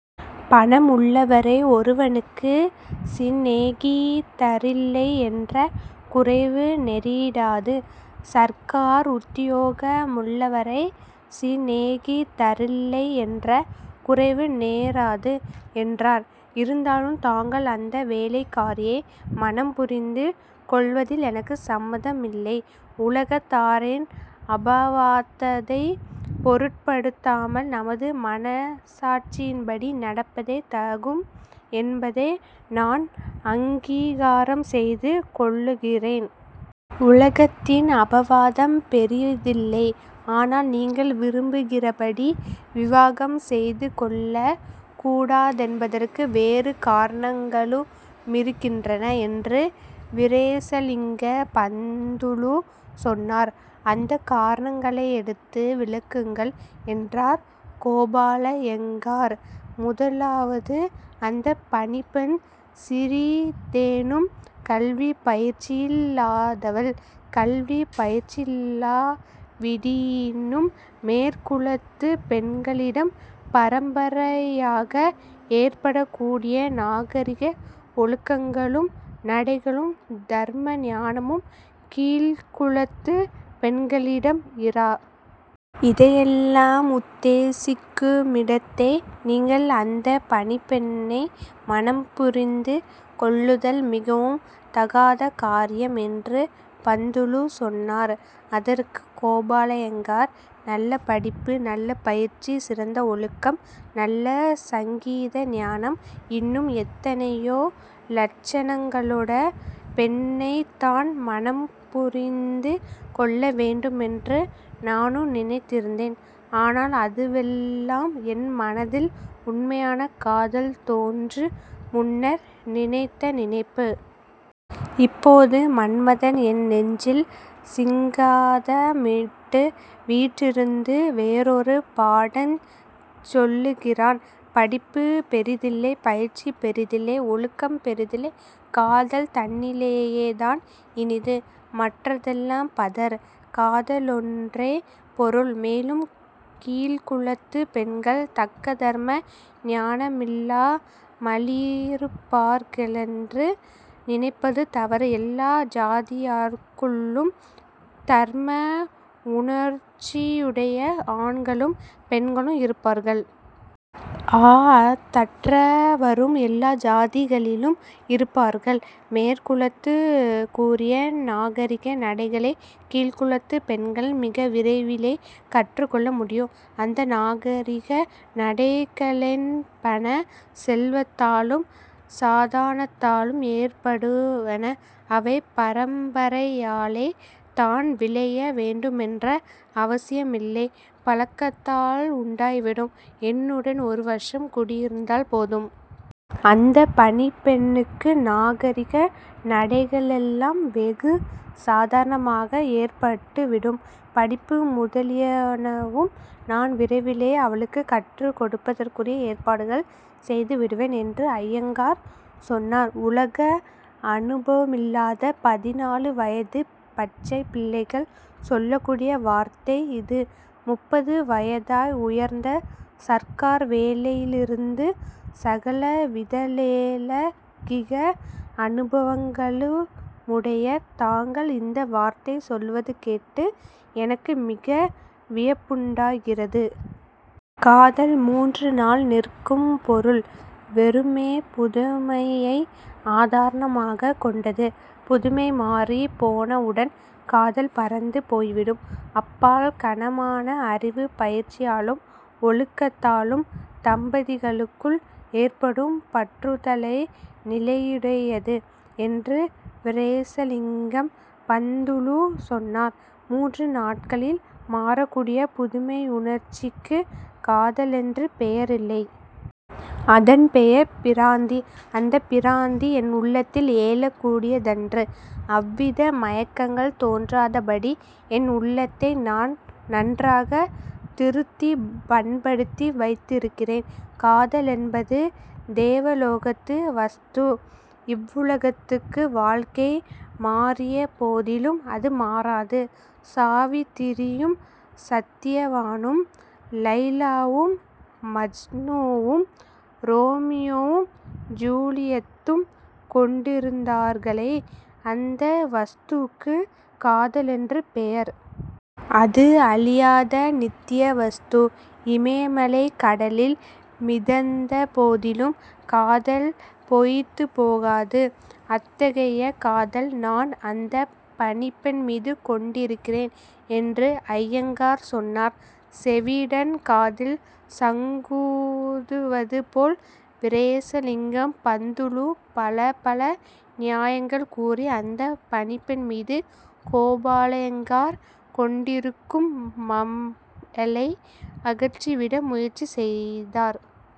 பணம் உள்ளவரை ஒருவனுக்கு சிநேகிதரில்லையென்ற குறைவு நெரிடாது. சர்க்கார் உத்தியோக முள்ளவரை சிநேகிதரில்லையென்ற குறைவு நேராது'' என்றார். ''இருந்தாலும் தாங்கள் அந்த வேலைக்காரியை மணம்புரிந்து கொள்வதில் எனக்கு சம்மதில்லை. உலகத்தாரின் அபாவாதத்தைப் பொருட்படுத்தாமல் நமது மனச்சாட்சியின்படி நடப்பதே தகும் என்பதே நான் அங்கீகாரம் செய்து கொள்ளுகிறேன். உலகத்தின் அபவாதம் பெரிதில்லை. ஆனால், நீங்கள் விரும்புகிறபடி விவாகம் செய்துகொள்ளக் கூடாதென்பதற்கு வேறு காரணங்களுமிருக்கின்றன'' என்று வீரேசலிங்க பந்துலு சொன்னார். ''அந்தக் காரணங்களையெடுத்து விளக்குங்கள்'' என்றார் கோபாலய்யங்கார். ''முதலாவது, அந்தப் பணிப்பெண் சிறிதேனும் கல்விப்பயிற்சியில்லாதவள். கல்விப் பயிற்சியில்லாவிடினும் மேற்குலத்துப் பெண்களிடம் பரம்பரையாக ஏற்படக்கூடிய நாகரிக ஒழுக்கங்களும் நடைகளும் தர்ம ஞானமும் கீழ்க்குலத்துப் பெண்களிடம் இரா. இதையெல்லாம் உத்தேசிக்குமிடத்தே, நீங்கள் அந்தப் பணிப்பெண்ணை மணம் புரிந்து கொள்ளுதல் மிகவும் தகாத காரியம்'' என்று பந்துலு சொன்னார். அதற்கு கோபாலய்யங்கார்-''நல்ல படிப்பு, நல்ல பயிற்சி, சிறந்த ஒழுக்கம், நல்ல சங்கீத ஞானம் இன்னும் எத்தனையோ லட்சணங்களுடைய பெண்ணைத்தான் மணம்புரிந்து கொள்ளவேண்டுமென்று நானும் நினைத்திருந்தேன். ஆனால் அதுவெல்லாம் என் மனதில் உண்மையான காதல் தோன்று முன்னர் நினைத்த நினைப்பு. இப்போது மன்மதன் என் நெஞ்சில் சிங்காதனமிட்டு வீற்றிருந்து வேறொரு பாடஞ் சொல்லுகிறான். படிப்புப் பெரிதில்லை. பயிற்சி பெரிதில்லை. ஒழுக்கம் பெரிதில்லை. காதல் தன்னிலேயேதான் இனிது. மற்றதெல்லாம் பதர். காதலொன்றே பொருள். மேலும், கீழ்க்குலத்துப் பெண்கள் தக்க தர்ம ஞானமில்லாமலிருப்பார்களென்று நினைப்பது தவறு. எல்லா ஜாதியாருக்குள்ளும் தர்மவுணர்ச்சியுடைய ஆண்களும் பெண்களும் இருப்பார்கள். அ·தற்றவரும் எல்லா ஜாதிகளிலும் இருப்பார்கள். மேற்குலத்துக்குரிய நாகரிக நடைகளைக் கீழ்க்குலத்துப் பெண்கள் மிக விரைவிலே கற்றுக் கொள்ள முடியும். அந்த நாகரிக நடைகளென்பன செல்வத்தாலும் ஸ்தானத்தாலும் ஏற்படுவன. அவை பரம்பரையாலே தான் விளைய வேண்டுமென்ற அவசியமில்லை. பழக்கத்தால் உண்டாய்விடும். என்னுடன் ஒரு வருஷம் குடியிருந்தால் போதும். அந்தப் பணிப்பெண்ணுக்கு நாகரிக நடைகளெல்லாம் வெகு சாதாரணமாக ஏற்பட்டுவிடும். படிப்பு முதலியனவும் நான் விரைவிலே அவளுக்குக் கற்றுக் கொடுப்பதற்குரிய ஏற்பாடுகள் செய்துவிடுவேன்'' என்று அய்யங்கார் சொன்னார். ''உலக அனுபவமில்லாத பதினாலு வயதுப் பச்சைப் பிள்ளைகள் சொல்லக்கூடிய வார்த்தை இது. முப்பது வயதாய், உயர்ந்த சர்க்கார் வேலையிலிருந்து சகலவித லௌகிக அனுபவங்களுமுடைய தாங்கள் இந்த வார்த்தை சொல்வது கேட்டு எனக்கு மிக வியப்புண்டாகிறது. காதல் மூன்று நாள் நிற்கும் பொருள். வெறுமே புதுமையை ஆதாரமாகக் கொண்டது. புதுமை மாறிப் போனவுடன் காதல் பறந்து போய்விடும். அப்பால் கனமான அறிவுப் பயிற்சியாலும் ஒழுக்கத்தாலும் தம்பதிகளுக்குள் ஏற்படும் பற்றுதலே நிலையுடையது'' என்று வீரேசலிங்கம் பந்துலு சொன்னார். ''மூன்று நாட்களில் மாறக்கூடிய புதுமையுணர்ச்சிக்கு காதலென்று பெயரில்லை. அதன் பெயர் பிராந்தி. அந்த பிராந்தி என் உள்ளத்தில் எழக்கூடியதன்று. அவ்வித மயக்கங்கள் தோன்றாதபடி என் உள்ளத்தை நான் நன்றாகத் திருத்திப் பண்படுத்தி வைத்திருக்கிறேன். காதலென்பது தேவலோகத்து வஸ்து. இவ்வுலகத்துக்கு வாழ்க்கை மாறியபோதிலும் அது மாறாது. சாவித்திரியும் சத்யவானும்; லைலாவும் மஜ்னூவும்; ரோமியோவும் ஜூலியெத்தும் கொண்டிருந்தார்களே, அந்த வஸ்துக்குக் காதலென்று பெயர். அது அழியாத நித்ய வஸ்து. இமயமலை கடலில் மிதந்தபோதிலும், காதல் பொய்த்துப் போகாது. அத்தகைய காதல் நான் அந்தப் பணிப்பெண் மீது கொண்டிருக்கிறேன்'' என்று அய்யங்கார் சொன்னார். செவிடன் காதில் சங்கூதுவது போல் வீரேசலிங்கம் பந்துலு பலபல நியாயங்கள் கூறி அந்தப் பணிப்பெண் மீது கோபாலய்யங்கார் கொண்டிருக்கும் மையலை அகற்றிவிட முயற்சி செய்தார்.